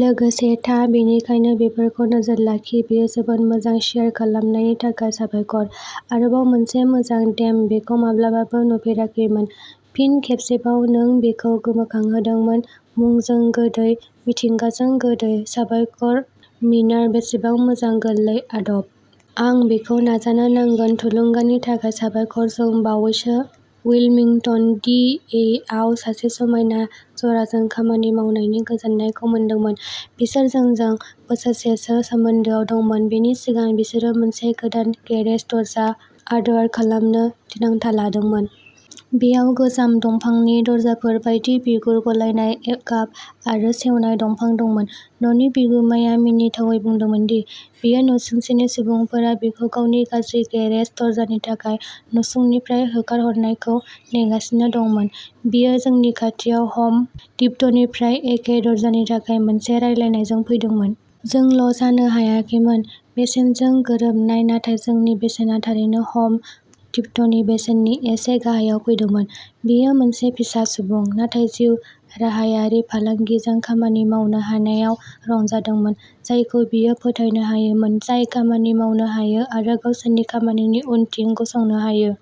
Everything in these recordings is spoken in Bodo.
लोगोसे था बेनिखायनो बेफोरखौ नोजोर लाखि बेयो जोबोद मोजां शेयार खालामनायनि थाखाय साबायखर। आरोबाव मोनसे मोजां डेम बेखौ माब्लाबाबो नुफेराखैमोन। फिन खेबसेबाव नों बेखौ गोमखांहोदोंमोन। मुंजों गोदै, मिथिंगाजों गोदै, साबायखर मिर्ना बेसेबां मोजां गोरलै आदब। आं बेखौ नाजानो नांगोन थुलुंगानि थाखाय साबायखर जों बावैसो उइलमिंटन, डि इ आव सासे समायना जराजों खामानि मावनायनि गोजोननायखौ मोनदोंमोन। बिसोर जोंजों बोसोरसेसो सोमोन्दोआव दंमोन, बेनि सिगां बिसोरो मोनसे गोदान गेरेज दरजा अर्डार खालामनो थिरांथा लादोंमोन। बेयाव गोजाम दंफांनि दरजाफोर बायदि बिगुर गलायनाय गाब आरो सेवनाय दंफां दंमोन। न'नि बिगुमाया मिनिथावै बुंदोंमोन दि बियो नसुंसेनि सुबुंफोरा बिखौ गावनि गाज्रि गेरेज दरजानि थाखाय नसुंनिफ्राय होखारहरनायखौ नेगासिनो दंमोन। बियो जोंनि खाथियाव हम डिप'टनिफ्राय एखे दरजानि थाखाय मोनसे रायलायनायजों फैदोंमोन। जोंल' जानो हायाखैमोन। बेसेनजों गोरोबनाय, नाथाय जोंनि बेसेना थारैनो हम डिप'टनि बेसेननि एसे गाहायाव फैदोंमोन। बियो मोनसे फिसा सुबुं, नाथाय जिउ राहायारि फालांगिजों खामानि मावनो हानायाव रंजादोंमोन, जायखौ बियो फोथायनो हायोमोन, जाय खामानि मावनो हायो आरो गावसोरनि खामानिनि उनथिं गसंनो हायो।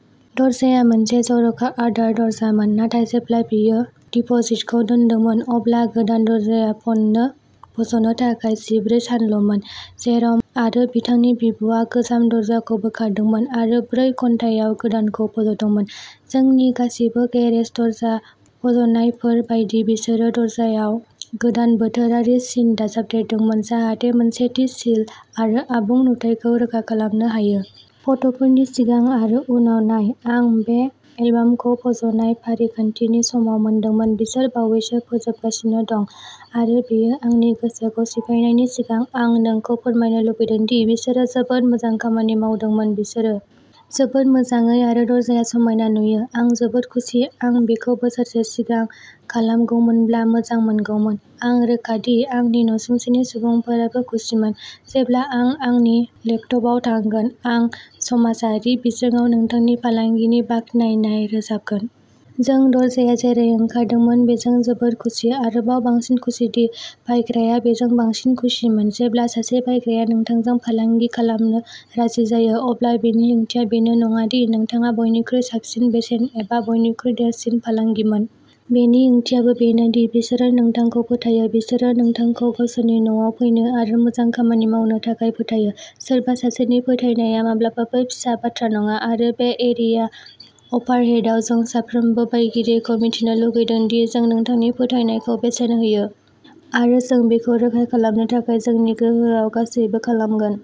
दरजाया मोनसे जर'खा अर्डार दरजामोन, नाथाय जेब्ला बियो डिपोजिटखौ दोन्दोंमोन, अब्ला गोदान दरजाया फज'नो थाखाय जिब्रै सानल'मोन। जेर'म आरो बिथांनि बिब'आ गोजाम दरजाखौ बोखारदोंमोन आरो ब्रै घन्टायाव गोदानखौ फज'दोंमोन। जोंनि गासिबो गेरेज दरजा फज'नायफोर बायदि, बिसोरो दरजायाव गोदान बोथोरारि सिन दाजाबदेरदोंमोन जाहाथे मोनसे थि सिल आरो आबुं नुथायखौ रोखा खालामनो हायो। फट'फोरनि सिगां आरो उनाव नाय आं बे इमेलखौ फज'नाय फारिखान्थिनि समाव मोनदोंमोन बिसोर बावैसो फोजोबगासिनो दं आरो बेयो आंनि गोसोखौ सिफायनायनि सिगां आं नोंखौ फोरमायनो लुबैदों दि बिसोरो जोबोद मोजां खामानि मावदोंमोन, बिसोरो। जोबोद मोजाङै आरो दरजाया समायना नुयो। आं जोबोद खुसि, आं बेखौ बोसोरसे सिगां खालामगौमोनब्ला मोजां मोनगौमोन। आं रोखा दि आंनि नसुंसेनि सुबुंफोराबो खुसिमोन। जेब्ला आं आंनि लेपटपआव थांगोन, आं समाजारि बिजोङाव नोंथांनि फालांगिनि बाख्नायनाय रोजाबगोन। जों दरजाया जेरै ओंखारदोंमोन बेजों जोबोद खुसि आरोबाव बांसिन खुसिदि बायग्राया बेजों बांसिन खुसिमोन। जेब्ला सासे बायग्राया नोंथांजों फालांगि खालामनो राजि जायो, अब्ला बेनि ओंथिया बेनो नङा दि नोंथाङा बयनिख्रुइ साबसिन बेसेन एबा बयनिख्रुइ देरसिन फालांगिमोन। बेनि ओंथियाबो बेनो दि बिसोरो नोंथांखौ फोथायो। बिसोरो नोंथांखौ गावसोरनि न'आव फैनो आरो मोजां खामानि मावनो थाखाय फोथायो। सोरबा सासेनि फोथायनाया माब्लाबाबो फिसा बाथ्रा नङा, आरो बे एरिया अभारहेडआव जों साफ्रोमबो बायगिरिखौ मिथिनो लुगैदों दि जों नोंथांनि फोथायनायखौ बेसेन होयो। आरो जों बेखौ रोखा खालामनो थाखाय जोंनि गोहोआव गासैबो खालामगोन।